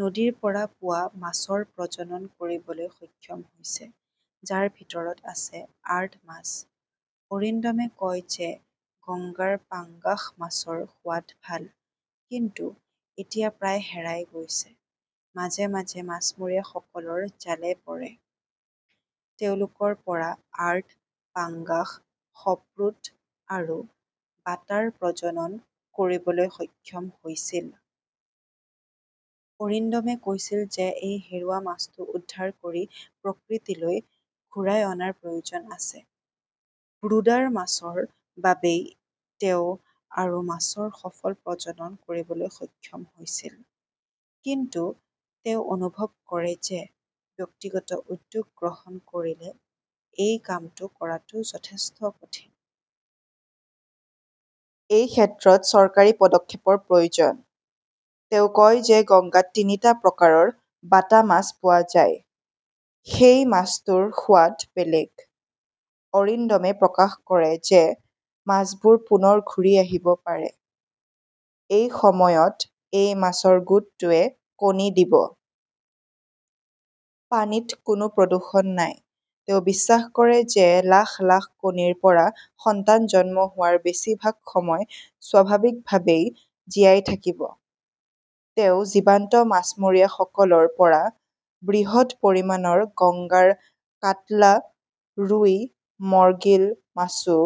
নদীৰ পৰা পোৱা মাছৰ প্ৰজনন কৰিবলৈ সক্ষম হৈছে, যাৰ ভিতৰত আছে আৰ্ড মাছ। অৰিন্দমে কয় যে গংগাৰ পাঙ্গাস মাছৰ সোৱাদ ভাল। কিন্তু এতিয়া প্ৰায় হেৰাই গৈছে। মাজে মাজে মাছমৰীয়াসকলৰ জালে পৰে। তেওঁলোকৰ পৰা আৰ্ড, পাঙ্গাস, সৰ্পুট আৰু বাটাৰ প্ৰজনন কৰিবলৈ সক্ষম হৈছিল। অৰিন্দমে কৈছিল যে এই হেৰুওৱা মাছটো উদ্ধাৰ কৰি প্ৰকৃতিলৈ ঘূৰাই অনাৰ প্ৰয়োজন আছে। ব্ৰুডাৰ মাছৰ বাবেই তেওঁ আৰু মাছৰ সফল প্ৰজনন কৰিবলৈ সক্ষম হৈছিল। কিন্তু তেওঁ অনুভৱ কৰে যে ব্যক্তিগত উদ্যোগ গ্ৰহণ কৰিলে এই কামটো কৰাটো যথেষ্ট কঠিন। এই ক্ষেত্ৰত চৰকাৰী পদক্ষেপৰ প্ৰয়োজন। তেওঁ কয় যে গংগাত তিনিটা প্ৰকাৰৰ বাটা মাছ পোৱা যায়। সেই মাছটোৰ সোৱাদ বেলেগ। অৰিন্দমে প্ৰকাশ কৰে যে মাছবোৰ পুনৰ ঘূৰি আহিব পাৰে। এই সময়ত এই মাছৰ গোটটোৱে কণী দিব। পানীত কোনো প্ৰদূষণ নাই। তেওঁ বিশ্বাস কৰে যে লাখ লাখ কণীৰ পৰা সন্তান জন্ম হোৱাৰ বেছিভাগ সময় স্বাভাৱিকভাৱেই জীয়াই থাকিব। তেওঁ জীৱন্ত মাছমৰীয়াসকলৰ পৰা বৃহৎ পৰিমাণৰ গংগাৰ কাটলা, ৰুই, মৰ্গীল মাছও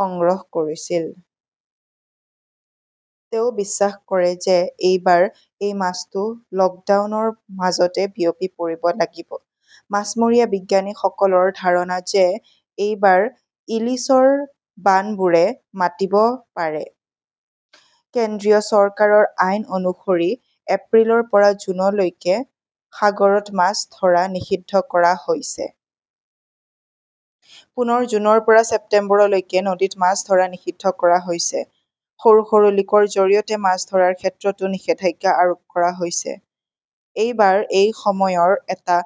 সংগ্ৰহ কৰিছিল। তেওঁ বিশ্বাস কৰে যে এইবাৰ এই মাছটো লকডাউনৰ মাজতে বিয়পি পৰিব লাগিব। মাছমৰীয়া বিজ্ঞানীসকলৰ ধাৰণা যে এইবাৰ ইলিছৰ 'বানবোৰে মাতিব পাৰে। কেন্দ্ৰীয় চৰকাৰৰ আইন অনুসৰি এপ্ৰিলৰ পৰা জুনলৈকে সাগৰত মাছ ধৰা নিষিদ্ধ কৰা হৈছে। পুনৰ জুনৰ পৰা ছেপ্টেম্বৰলৈকে নদীত মাছ ধৰা নিষিদ্ধ কৰা হৈছে। সৰু সৰু লিকৰ জৰিয়তে মাছ ধৰাৰ ক্ষেত্ৰতো নিষেধাজ্ঞা আৰোপ কৰা হৈছে। এইবাৰ এই সময়ৰ এটা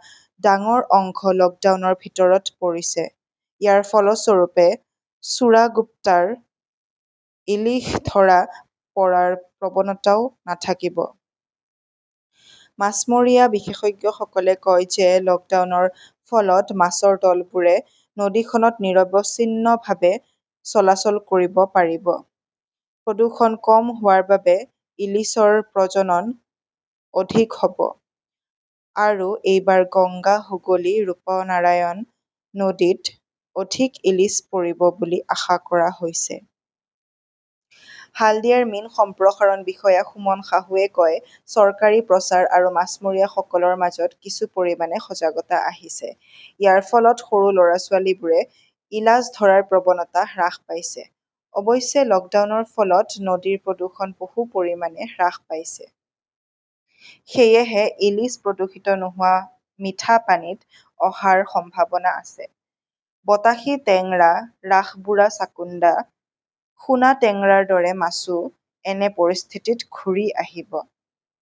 ডাঙৰ অংশ লকডাউনৰ ভিতৰত পৰিছে। ইয়াৰ ফলস্বৰূপে চোৰাগোপ্টাৰ ইলিশ ধৰা পৰাৰ প্ৰৱণতাও নাথাকিব। মাছমৰীয়া বিশেষজ্ঞসকলে কয় যে লকডাউনৰ ফলত মাছৰ দলবোৰে নদীখনত নিৰবিচ্ছিন্নভাৱে চলাচল কৰিব পাৰিব। প্ৰদূষণ কম হোৱাৰ বাবে ইলিছৰ প্ৰজনন অধিক হব। আৰু এইবাৰ গংগা, হুগলী, ৰূপনাৰায়ণ নদীত অধিক ইলাছ পৰিব বুলি আশা কৰা হৈছে। হালদিয়াৰ মীন সম্প্ৰসাৰণ বিষয়া সুমন সাহুৱে কয়, চৰকাৰী প্ৰচাৰ আৰু মাছমৰীয়াসকলৰ মাজত কিছু পৰিমাণে সজাগতা আহিছে। ইয়াৰ ফলত সৰু লৰা-ছোৱালীবোৰে ইলাছ ধৰাৰ প্ৰৱণতা হ্ৰাস পাইছে। অৱশ্যে, লকডাউনৰ ফলত নদীৰ প্ৰদূষণ বহু পৰিমাণে হ্ৰাস পাইছে। সেয়েহে ইলিছ প্ৰদূষিত নোহোৱা মিঠা পানীত অহাৰ সম্ভাৱনা আছে। বতাসী, টেংৰা, ৰাসবোৰা চাকুণ্ডা, সোনা টেংৰাৰ দৰে মাছও এনে পৰিস্থিতিত ঘূৰি আহিব।